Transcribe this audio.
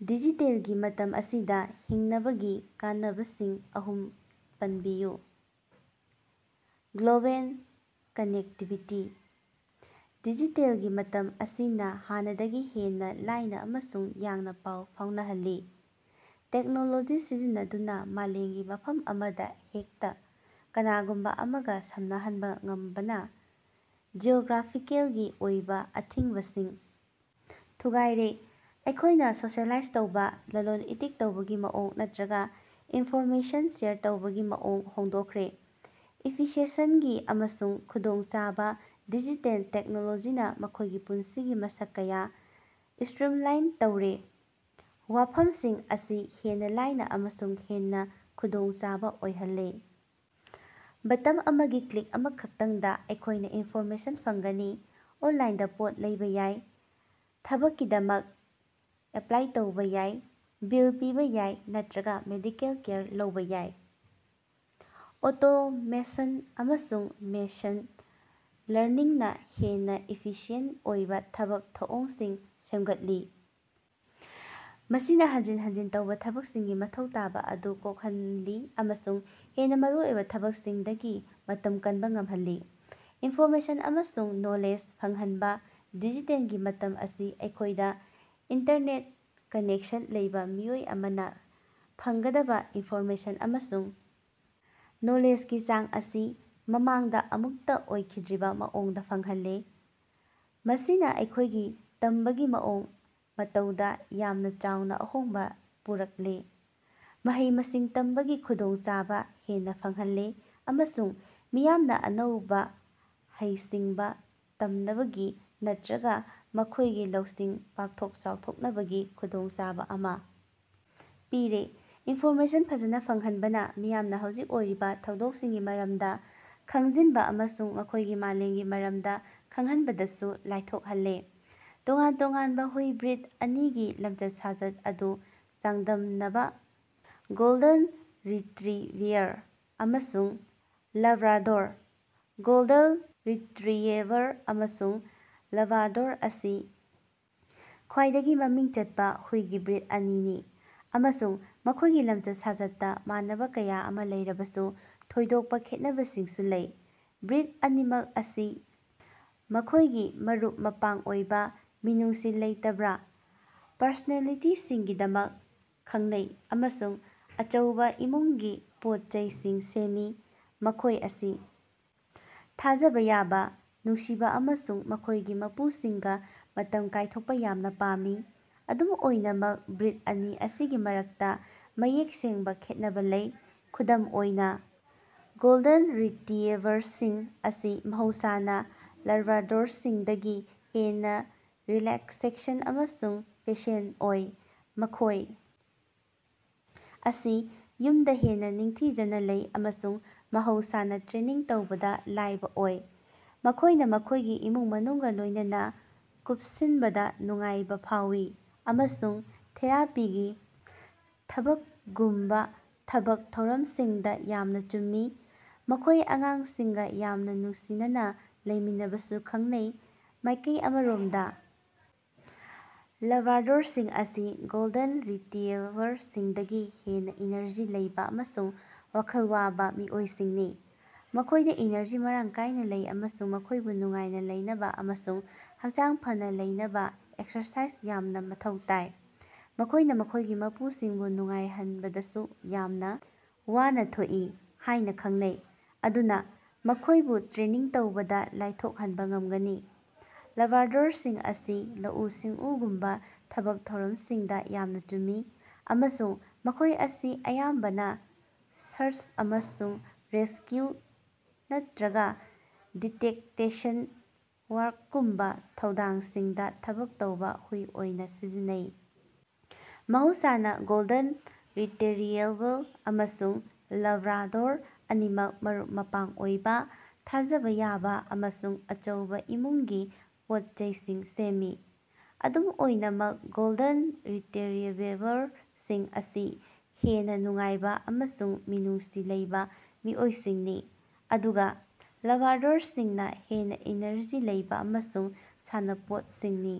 ꯗꯤꯖꯤꯇꯦꯜꯒꯤ ꯃꯇꯝ ꯑꯁꯤꯗ ꯍꯤꯡꯅꯕꯒꯤ ꯀꯥꯟꯅꯕꯁꯤꯡ ꯑꯍꯨꯝ ꯄꯟꯕꯤꯌꯨ꯫ ꯒ꯭ꯂꯣꯕꯦꯜ ꯀꯥꯅꯦꯛꯇꯤꯕꯤꯇꯤ - ꯗꯤꯖꯤꯇꯦꯜꯒꯤ ꯃꯇꯝ ꯑꯁꯤꯅ ꯍꯥꯟꯅꯗꯒꯤ ꯍꯦꯟꯅ ꯂꯥꯏꯅ ꯑꯃꯁꯨꯡ ꯌꯥꯡꯅ ꯄꯥꯎ ꯐꯥꯎꯅꯍꯜꯂꯦ꯫ ꯇꯦꯛꯅꯣꯂꯣꯖꯤ ꯁꯤꯖꯤꯟꯅꯗꯨꯅ ꯃꯥꯂꯦꯝꯒꯤ ꯃꯐꯝ ꯑꯃꯗ ꯍꯦꯛꯇ ꯀꯅꯥꯒꯨꯝꯕ ꯑꯃꯒ ꯁꯝꯅꯍꯟꯕ ꯉꯝꯕꯅ ꯖꯤꯑꯣꯒ꯭ꯔꯥꯐꯤꯀꯦꯜꯒꯤ ꯑꯣꯏꯕ ꯑꯊꯤꯡꯕꯁꯤꯡ ꯊꯨꯒꯥꯏꯔꯦ, ꯑꯩꯈꯣꯏꯅ ꯁꯣꯁꯤꯑꯦꯂꯥꯏꯖ ꯇꯧꯕ, ꯂꯥꯂꯣꯟ-ꯏꯇꯤꯛ ꯇꯧꯕꯒꯤ ꯃꯑꯣꯡ ꯅꯠꯇꯔꯒ ꯏꯟꯐꯣꯔꯃꯦꯁꯟ ꯁꯦꯌꯔ ꯇꯧꯕꯒꯤ ꯃꯑꯣꯡ ꯍꯣꯡꯗꯣꯛꯈ꯭ꯔꯦ꯫ ꯏꯐꯤꯁꯤꯑꯦꯟꯁꯤ ꯑꯃꯁꯨꯡ ꯈꯨꯗꯣꯡꯆꯥꯕ - ꯗꯤꯖꯤꯇꯦꯜ ꯇꯦꯛꯅꯣꯂꯣꯖꯤꯅ ꯑꯩꯈꯣꯏꯒꯤ ꯄꯨꯟꯁꯤꯒꯤ ꯃꯁꯛ ꯀꯌꯥ ꯁ꯭ꯇꯔꯤꯝꯂꯥꯏꯟ ꯇꯧꯔꯦ, ꯋꯥꯐꯝꯁꯤꯡ ꯑꯁꯤ ꯍꯦꯟꯅ ꯂꯥꯏꯅꯥ ꯑꯃꯁꯨꯡ ꯍꯦꯟꯅ ꯈꯨꯗꯣꯡꯆꯥꯕ ꯑꯣꯏꯍꯜꯂꯦ꯫ ꯕꯇꯟ ꯑꯃꯒꯤ ꯀ꯭ꯂꯤꯛ ꯑꯃꯈꯛꯇꯪꯗ ꯑꯩꯈꯣꯏꯅ ꯏꯟꯐꯣꯔꯃꯦꯁꯟ ꯐꯪꯒꯅꯤ, ꯑꯣꯟꯂꯥꯏꯟꯗ ꯄꯣꯠ ꯂꯩꯕ ꯌꯥꯏ, ꯊꯕꯛꯀꯤꯗꯃꯛ ꯑꯦꯄ꯭ꯂꯥꯏ ꯇꯧꯕ ꯌꯥꯏ, ꯕꯤꯜ ꯄꯤꯕ ꯌꯥꯏ ꯅꯠꯇꯔꯒ ꯃꯦꯗꯤꯀꯦꯜ ꯀꯦꯌꯔ ꯂꯧꯕ ꯌꯥꯏ꯫ ꯑꯣꯇꯣꯃꯦꯁꯟ ꯑꯃꯁꯨꯡ ꯃꯦꯁꯟ ꯂꯔꯅꯤꯡꯅ ꯍꯦꯟꯅ ꯏꯐꯤꯁꯤꯌꯦꯟꯇ ꯑꯣꯏꯕ ꯊꯕꯛ ꯊꯧꯑꯣꯡꯁꯤꯡ ꯁꯦꯝꯒꯠꯂꯤ, ꯃꯁꯤꯅ ꯍꯟꯖꯤꯟ ꯍꯟꯖꯤꯟ ꯇꯧꯕ ꯊꯕꯛꯁꯤꯡꯒꯤ ꯃꯊꯧ ꯇꯥꯕ ꯑꯗꯨ ꯀꯣꯛꯍꯜꯂꯤ ꯑꯃꯁꯨꯡ ꯍꯦꯟꯅ ꯃꯔꯨꯑꯣꯏꯕ ꯊꯕꯛꯁꯤꯡꯒꯤꯗꯃꯛ ꯃꯇꯝ ꯀꯟꯕ ꯉꯝꯍꯜꯂꯤ꯫ ꯏꯟꯐꯣꯔꯃꯦꯁꯟ ꯑꯃꯁꯨꯡ ꯅꯣꯂꯦꯖ ꯐꯪꯍꯟꯕ - ꯗꯤꯖꯤꯇꯦꯜꯒꯤ ꯃꯇꯝ ꯑꯁꯤ ꯑꯩꯈꯣꯏꯗ ꯏꯟꯇꯔꯅꯦꯠ ꯀꯥꯅꯦꯛꯁꯟ ꯂꯩꯕ ꯃꯤꯑꯣꯏ ꯑꯃꯅ ꯐꯪꯒꯗꯕ ꯏꯟꯐꯣꯔꯃꯦꯁꯟ ꯑꯃꯁꯨꯡ ꯅꯣꯂꯦꯖꯒꯤ ꯆꯥꯡ ꯑꯁꯤ ꯃꯃꯥꯡꯗ ꯑꯃꯨꯛꯇ ꯑꯣꯏꯈꯤꯗ꯭ꯔꯤꯕ ꯃꯑꯣꯡꯗ ꯐꯪꯍꯜꯂꯦ꯫ ꯃꯁꯤꯅ ꯑꯩꯈꯣꯏꯒꯤ ꯇꯝꯕꯒꯤ ꯃꯑꯣꯡ ꯃꯇꯧꯗ ꯌꯥꯝꯅ ꯆꯥꯎꯅ ꯑꯍꯣꯡꯕ ꯄꯨꯔꯛꯂꯦ, ꯃꯍꯩ-ꯃꯁꯤꯡ ꯇꯝꯕꯒꯤ ꯈꯨꯗꯣꯡꯆꯥꯕ ꯍꯦꯟꯅ ꯐꯪꯍꯜꯂꯦ ꯑꯃꯁꯨꯡ ꯃꯤꯌꯥꯝꯅ ꯑꯅꯧꯕ ꯍꯩꯁꯤꯡꯕ ꯇꯝꯅꯕꯒꯤ ꯅꯠꯇꯔꯒ ꯃꯈꯣꯏꯒꯤ ꯂꯧꯁꯤꯡ ꯄꯥꯛꯊꯣꯛ-ꯆꯥꯎꯊꯣꯛꯅꯕꯒꯤ ꯈꯨꯗꯣꯡꯆꯥꯕ ꯑꯃ ꯄꯤꯔꯦ꯫ ꯏꯟꯐꯣꯔꯃꯦꯁꯟ ꯐꯖꯅ ꯐꯪꯍꯟꯕꯅꯥ ꯃꯤꯌꯥꯝꯅ ꯍꯧꯖꯤꯛ ꯑꯣꯏꯔꯤꯕ ꯊꯧꯗꯣꯛꯁꯤꯡꯒꯤ ꯃꯔꯝꯗ ꯈꯪꯖꯤꯟꯕ ꯑꯃꯁꯨꯡ ꯃꯈꯣꯏꯒꯤ ꯃꯥꯂꯦꯝꯒꯤ ꯃꯔꯝꯗ ꯈꯪꯍꯟꯕꯗꯁꯨ ꯂꯥꯏꯊꯣꯛꯍꯜꯂꯦ꯫ ꯇꯣꯉꯥꯟ-ꯇꯣꯉꯥꯟꯕ ꯍꯨꯏ ꯕ꯭ꯔꯤꯗ ꯑꯅꯤꯒꯤ ꯂꯝꯆꯠ-ꯁꯥꯖꯠ ꯑꯗꯨ ꯆꯥꯡꯗꯝꯅꯕ - ꯒꯣꯜꯗꯟ ꯔꯤꯇꯔꯤꯌꯦꯚꯔ ꯑꯃꯁꯨꯡ ꯂꯥꯕ꯭ꯔꯥꯗꯣꯔ꯫ ꯒꯣꯜꯗꯟ ꯔꯤꯇꯔꯤꯌꯦꯚꯔ ꯑꯃꯁꯨꯡ ꯂꯥꯕ꯭ꯔꯥꯗꯣꯔ ꯑꯁꯤ ꯈ꯭ꯋꯥꯏꯗꯒꯤ ꯃꯃꯤꯡ ꯆꯠꯄ ꯍꯨꯏꯒꯤ ꯕ꯭ꯔꯤꯗ ꯑꯅꯤꯅꯤ, ꯑꯃꯁꯨꯡ ꯃꯈꯣꯏꯒꯤ ꯂꯝꯆꯠ-ꯁꯥꯖꯠꯇ ꯃꯥꯟꯅꯕꯥ ꯀꯌꯥ ꯑꯃ ꯂꯩꯔꯕꯁꯨ, ꯊꯣꯏꯗꯣꯛꯄ ꯈꯦꯠꯅꯕꯁꯤꯡꯁꯨ ꯂꯩ꯫ ꯕ꯭ꯔꯤꯗ ꯑꯅꯤꯃꯛ ꯑꯁꯤ ꯃꯈꯣꯏꯒꯤ ꯃꯔꯨꯞ-ꯃꯄꯥꯡ ꯑꯣꯏꯕ, ꯃꯤꯅꯨꯡꯁꯤ ꯂꯩꯇꯔꯕꯥ ꯄꯔꯁꯣꯅꯦꯂꯤꯇꯤꯁꯤꯡꯒꯤꯗꯃꯛ ꯈꯪꯅꯩ ꯑꯃꯁꯨꯡ ꯑꯆꯧꯕ ꯏꯃꯨꯡꯒꯤ ꯄꯣꯠꯆꯩꯁꯤꯡ ꯁꯦꯝꯃꯤ꯫ ꯃꯈꯣꯏ ꯑꯁꯤ ꯊꯥꯖꯕꯥ ꯌꯥꯕ, ꯅꯨꯡꯁꯤꯕ ꯑꯃꯁꯨꯡ ꯃꯈꯣꯏꯒꯤ ꯃꯄꯨꯁꯤꯡꯒ ꯃꯇꯝ ꯀꯥꯏꯊꯣꯛꯄ ꯌꯥꯝꯅ ꯄꯥꯝꯃꯤ꯫ ꯑꯗꯨꯝ ꯑꯣꯏꯅꯃꯛ, ꯕ꯭ꯔꯤꯗ ꯑꯅꯤ ꯑꯁꯤꯒꯤ ꯃꯔꯛꯇ ꯃꯌꯦꯛ ꯁꯦꯡꯕ ꯈꯦꯠꯅꯕꯥ ꯂꯩ꯫ ꯈꯨꯗꯝ ꯑꯣꯏꯅ, ꯒꯣꯜꯗꯟ ꯔꯤꯇꯔꯤꯌꯦꯚꯔꯁꯤꯡ ꯑꯁꯤ ꯃꯍꯧꯁꯥꯅ ꯂꯥꯕ꯭ꯔꯥꯗꯣꯔꯁꯤꯡꯗꯒꯤ ꯍꯦꯟꯅ ꯔꯤꯂꯥꯛꯁꯦꯁꯟ ꯑꯃꯁꯨꯡ ꯄꯦꯁꯦꯟꯇ ꯑꯣꯏ꯫ ꯃꯈꯣꯏ ꯑꯁꯤ ꯌꯨꯝꯗ ꯍꯦꯟꯅ ꯅꯤꯡꯊꯤꯖꯅ ꯂꯩ, ꯑꯃꯁꯨꯡ ꯃꯍꯧꯁꯥꯅ ꯇ꯭ꯔꯦꯅꯤꯡ ꯇꯧꯕꯗꯥ ꯂꯥꯏꯕ ꯑꯣꯏ꯫ ꯃꯈꯣꯏꯅ ꯃꯈꯣꯏꯒꯤ ꯏꯃꯨꯡ-ꯃꯅꯨꯡꯒ ꯂꯣꯏꯅꯅ ꯀꯨꯞꯁꯤꯟꯕꯗꯥ ꯅꯨꯡꯉꯥꯏꯕ ꯐꯥꯎꯏ, ꯑꯃꯁꯨꯡ ꯊꯦꯔꯥꯄꯤꯒꯤ ꯊꯕꯛꯒꯨꯝꯕ ꯊꯕꯛ ꯊꯧꯔꯝꯁꯤꯡꯗ ꯌꯥꯝꯅ ꯆꯨꯝꯃꯤ꯫ ꯃꯈꯣꯏ ꯑꯉꯥꯡꯁꯤꯡꯒ ꯌꯥꯝꯅ ꯅꯨꯡꯁꯤꯅꯅꯥ ꯂꯩꯃꯤꯟꯅꯕꯁꯨ ꯈꯪꯅꯩ꯫ ꯃꯥꯏꯀꯩ ꯑꯃꯔꯣꯝꯗ ꯂꯥꯕ꯭ꯔꯥꯗꯣꯔꯁꯤꯡ ꯑꯁꯤ ꯒꯣꯜꯗꯟ ꯔꯤꯇꯔꯤꯌꯦꯚꯔꯁꯤꯡꯗꯒꯤ ꯍꯦꯟꯅ ꯏꯅꯔꯖꯤ ꯂꯩꯕ ꯑꯃꯁꯨꯡ ꯋꯥꯈꯜ ꯋꯥꯕ ꯃꯤꯑꯣꯏꯁꯤꯡꯅꯤ꯫ ꯃꯈꯣꯏꯗ ꯏꯅꯔꯖꯤ ꯃꯔꯥꯡ ꯀꯥꯏꯅ ꯂꯩ ꯑꯃꯁꯨꯡ ꯃꯈꯣꯏꯕꯨ ꯅꯨꯡꯉꯥꯏꯅ ꯂꯩꯅꯕꯥ ꯑꯃꯁꯨꯡ ꯍꯛꯆꯥꯡ ꯐꯅꯥ ꯂꯩꯅꯕꯥ ꯑꯦꯛꯁꯔꯁꯥꯏꯖ ꯌꯥꯝꯅ ꯃꯊꯧ ꯇꯥꯏ꯫ ꯃꯈꯣꯏꯅ ꯃꯈꯣꯏꯒꯤ ꯃꯄꯨꯁꯤꯡꯕꯨ ꯅꯨꯡꯉꯥꯏꯍꯟꯕꯗꯁꯨ ꯌꯥꯝꯅ ꯋꯥꯅ ꯊꯣꯛꯏ ꯍꯥꯏꯅ ꯈꯪꯅꯩ, ꯃꯗꯨꯅ ꯃꯈꯣꯏꯕꯨ ꯇ꯭ꯔꯦꯅꯤꯡ ꯇꯧꯕꯗ ꯂꯥꯏꯊꯣꯛꯍꯟꯕ ꯉꯝꯒꯅꯤ꯫ ꯂꯥꯕ꯭ꯔꯥꯗꯣꯔꯁꯤꯡ ꯑꯁꯤ ꯂꯧꯎ-ꯁꯤꯡꯎꯒꯨꯝꯕ ꯊꯕꯛ ꯊꯧꯔꯝꯁꯤꯡꯗ ꯌꯥꯝꯅ ꯆꯨꯝꯃꯤ, ꯑꯃꯁꯨꯡ ꯃꯈꯣꯏ ꯑꯁꯤ ꯑꯌꯥꯝꯕꯅ ꯁꯔꯆ ꯑꯃꯁꯨꯡ ꯔꯦꯁꯀ꯭ꯌꯨ ꯅꯠꯇꯔꯒ ꯗꯤꯇꯦꯛꯇꯦꯁꯟ ꯋꯥ꯭ꯔꯛꯒꯨꯝꯕ ꯊꯧꯗꯥꯡꯁꯤꯡꯗ ꯊꯕꯛ ꯇꯧꯕ ꯍꯨꯏ ꯑꯣꯏꯅ ꯁꯤꯖꯤꯟꯅꯩ꯫ ꯃꯍꯧꯁꯥꯅ, ꯒꯣꯜꯗꯟ ꯔꯤꯇꯔꯤꯌꯦꯚꯜ ꯑꯃꯁꯨꯡ ꯂꯥꯕ꯭ꯔꯥꯗꯣꯔ ꯑꯅꯤꯃꯛ ꯃꯔꯨꯞ-ꯃꯄꯥꯡ ꯑꯣꯏꯕ, ꯊꯥꯖꯕ ꯌꯥꯕ ꯑꯃꯁꯨꯡ ꯑꯆꯧꯕ ꯏꯃꯨꯡꯒꯤ ꯄꯣꯠꯆꯩꯁꯤꯡ ꯁꯦꯝꯃꯤ꯫ ꯑꯗꯨꯝ ꯑꯣꯏꯅꯃꯛ, ꯒꯣꯜꯗꯟ ꯔꯤꯇꯔꯤꯌꯦꯚꯔꯁꯤꯡ ꯑꯁꯤ ꯍꯦꯟꯅ ꯅꯨꯡꯉꯥꯏꯕ ꯑꯃꯁꯨꯡ ꯃꯤꯅꯨꯡꯁꯤ ꯂꯩꯕ ꯃꯤꯑꯣꯏꯁꯤꯡꯅꯤ, ꯑꯗꯨꯒ ꯂꯥꯕ꯭ꯔꯥꯗꯣꯔꯁꯤꯡꯅ ꯍꯦꯟꯅ ꯏꯅꯔꯖꯤ ꯂꯩꯕ ꯑꯃꯁꯨꯡ ꯁꯥꯟꯅꯄꯣꯠꯗꯩꯅꯤ꯫